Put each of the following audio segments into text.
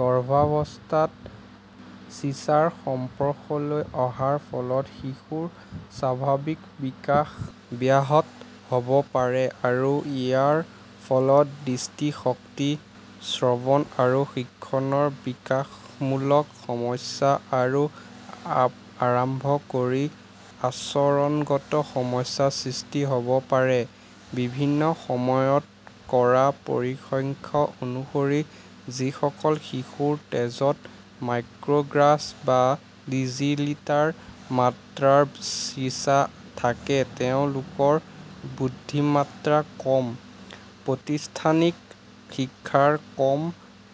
গৰ্ভাৱস্থাত চিছাৰ সংস্পৰ্শলৈ অহাৰ ফলত শিশুৰ স্বাভাৱিক বিকাশ ব্যাহত হ'ব পাৰে আৰু ইয়াৰ ফলত দৃষ্টিশক্তি, শ্ৰৱণ আৰু শিক্ষণৰ বিকাশমূলক সমস্যাৰ পৰা আৰম্ভ কৰি আচৰণগত সমস্যাৰ সৃষ্টি হ'ব পাৰে। বিভিন্ন সময়ত কৰা পৰিসংখ্যা অনুসৰি, যিসকল শিশুৰ তেজত মাইক্ৰ'গ্ৰাম বা ডেচিলিটাৰ মাত্ৰাত চিছা থাকে তেওঁলোকৰ বুদ্ধিমত্তা কম, প্ৰতিষ্ঠানিক শিক্ষাত কম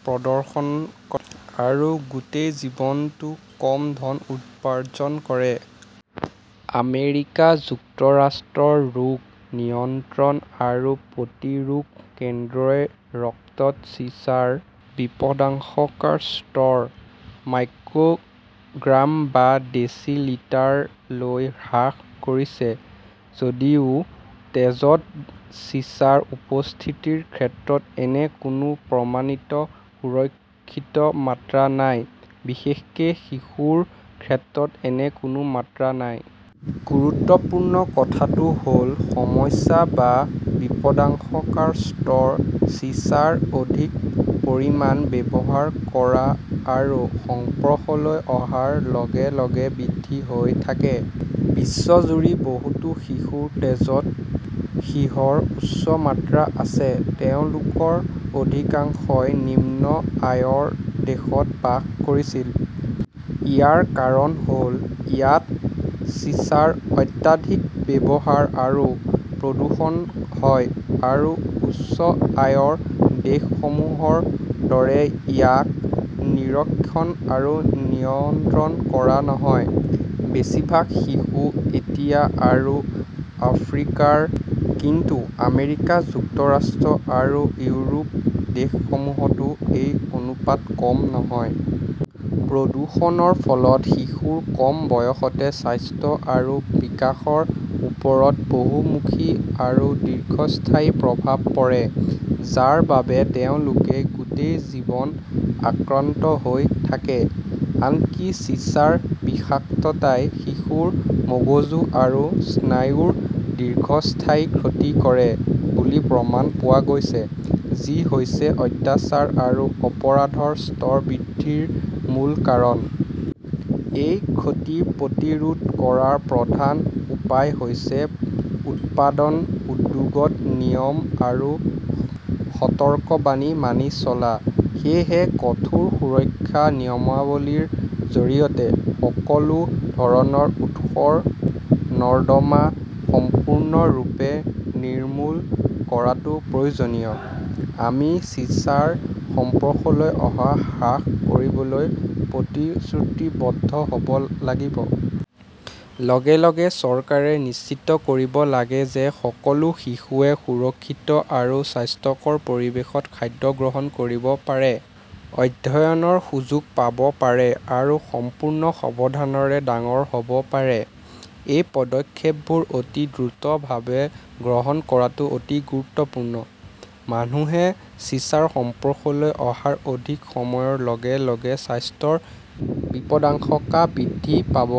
প্ৰদৰ্শন কৰে, আৰু গোটেই জীৱনটোত কম ধন উপাৰ্জন কৰে। আমেৰিকা যুক্তৰাষ্ট্ৰৰ ৰোগ নিয়ন্ত্ৰণ আৰু প্ৰতিৰোধ কেন্দ্ৰই ৰক্তত চিছাৰ বিপদাশংকাৰ স্তৰ মাইক্ৰ'গ্ৰাম বা ডেচিলিটাৰলৈ হ্ৰাস কৰিছে । যদিও তেজত চিছাৰ উপস্থিতিৰ ক্ষেত্ৰত এনে কোনো প্ৰমাণিত 'সুৰক্ষিত মাত্ৰা' নাই; বিশেষকৈ শিশুৰ ক্ষেত্ৰত এনে কোনো মাত্ৰা নাই। গুৰুত্বপূৰ্ণ কথাটো হ 'ল সমস্যা বা বিপদাশংকাৰ স্তৰ চিছাৰ অধিক পৰিমাণ ব্যৱহাৰ কৰা আৰু সংস্পৰ্শলৈ অহাৰ লগে লগে বৃদ্ধি হৈ থাকে। বিশ্বজুৰি বহুতো শিশুৰ তেজত সীহৰ উচ্চ মাত্ৰা আছে। তেওঁলোকৰ অধিকাংশই নিম্ন আয়ৰ দেশত বাস কৰিছিল। ইয়াৰ কাৰণ হ'ল, ইয়াত চিছাৰ অত্যধিক ব্যৱহাৰ আৰু প্ৰদূষণ হয় আৰু উচ্চ আয়ৰ দেশসমূহৰ দৰে ইয়াক নিৰীক্ষণ আৰু নিয়ন্ত্ৰণ কৰা নহয়। বেছিভাগ শিশু এছিয়া আৰু আফ্ৰিকাৰ, কিন্তু আমেৰিকা যুক্তৰাষ্ট্ৰ আৰু ইউৰোপীয় দেশসমূহতো এই অনুপাত কম নহয়। প্ৰদূষণৰ ফলত শিশুৰ কম বয়সতে স্বাস্থ্য আৰু বিকাশৰ ওপৰত বহুমুখী আৰু দীৰ্ঘস্থায়ী প্ৰভাৱ পৰে, যাৰ বাবে তেওঁলোকে গোটেই জীৱন আক্ৰান্ত হৈ থাকে। আনকি চিছাৰ বিষাক্ততাই শিশুৰ মগজু আৰু স্নায়ুৰ দীৰ্ঘস্থায়ী ক্ষতি কৰে বুলি প্ৰমাণ পোৱা গৈছে, যি হৈছে অত্যাচাৰ আৰু অপৰাধৰ স্তৰ বৃদ্ধিৰ মূল কাৰণ। এই ক্ষতি প্ৰতিৰোধ কৰাৰ প্ৰধান উপায় হৈছে উৎপাদন উদ্যোগত নিয়ম আৰু সতৰ্কবাণী মানি চলা। সেয়েহে কঠোৰ সুৰক্ষা নিয়মাৱলীৰ জৰিয়তে সকলো ধৰণৰ উৎসৰ নৰ্দমা সম্পূৰ্ণৰূপে নিৰ্মূল কৰাটো প্ৰয়োজনীয়। আমি চিছাৰ সংস্পৰ্শলৈ অহা হ্ৰাস কৰিবলৈ প্ৰতিশ্ৰুতিবদ্ধ হ'ব লাগিব। লগে লগে চৰকাৰে নিশ্চিত কৰিব লাগিব যে সকলো শিশুৱে সুৰক্ষিত আৰু স্বাস্থ্যকৰ পৰিৱেশত খাদ্য গ্ৰহণ কৰিব পাৰে, অধ্যয়নৰ সুযোগ পাব পাৰে আৰু সম্পূৰ্ণ সম্ভাৱনাৰে ডাঙৰ হ'ব পাৰে। এই পদক্ষেপবোৰ অতি দ্ৰুতভাৱে গ্ৰহণ কৰাটো অতি গুৰুত্বপূৰ্ণ; মানুহে চিছাৰ সংস্পৰ্শলৈ অহাৰ অধিক সময়ৰ লগে লগে স্বাস্থ্যৰ বিপদাশংকা বৃদ্ধি পাব।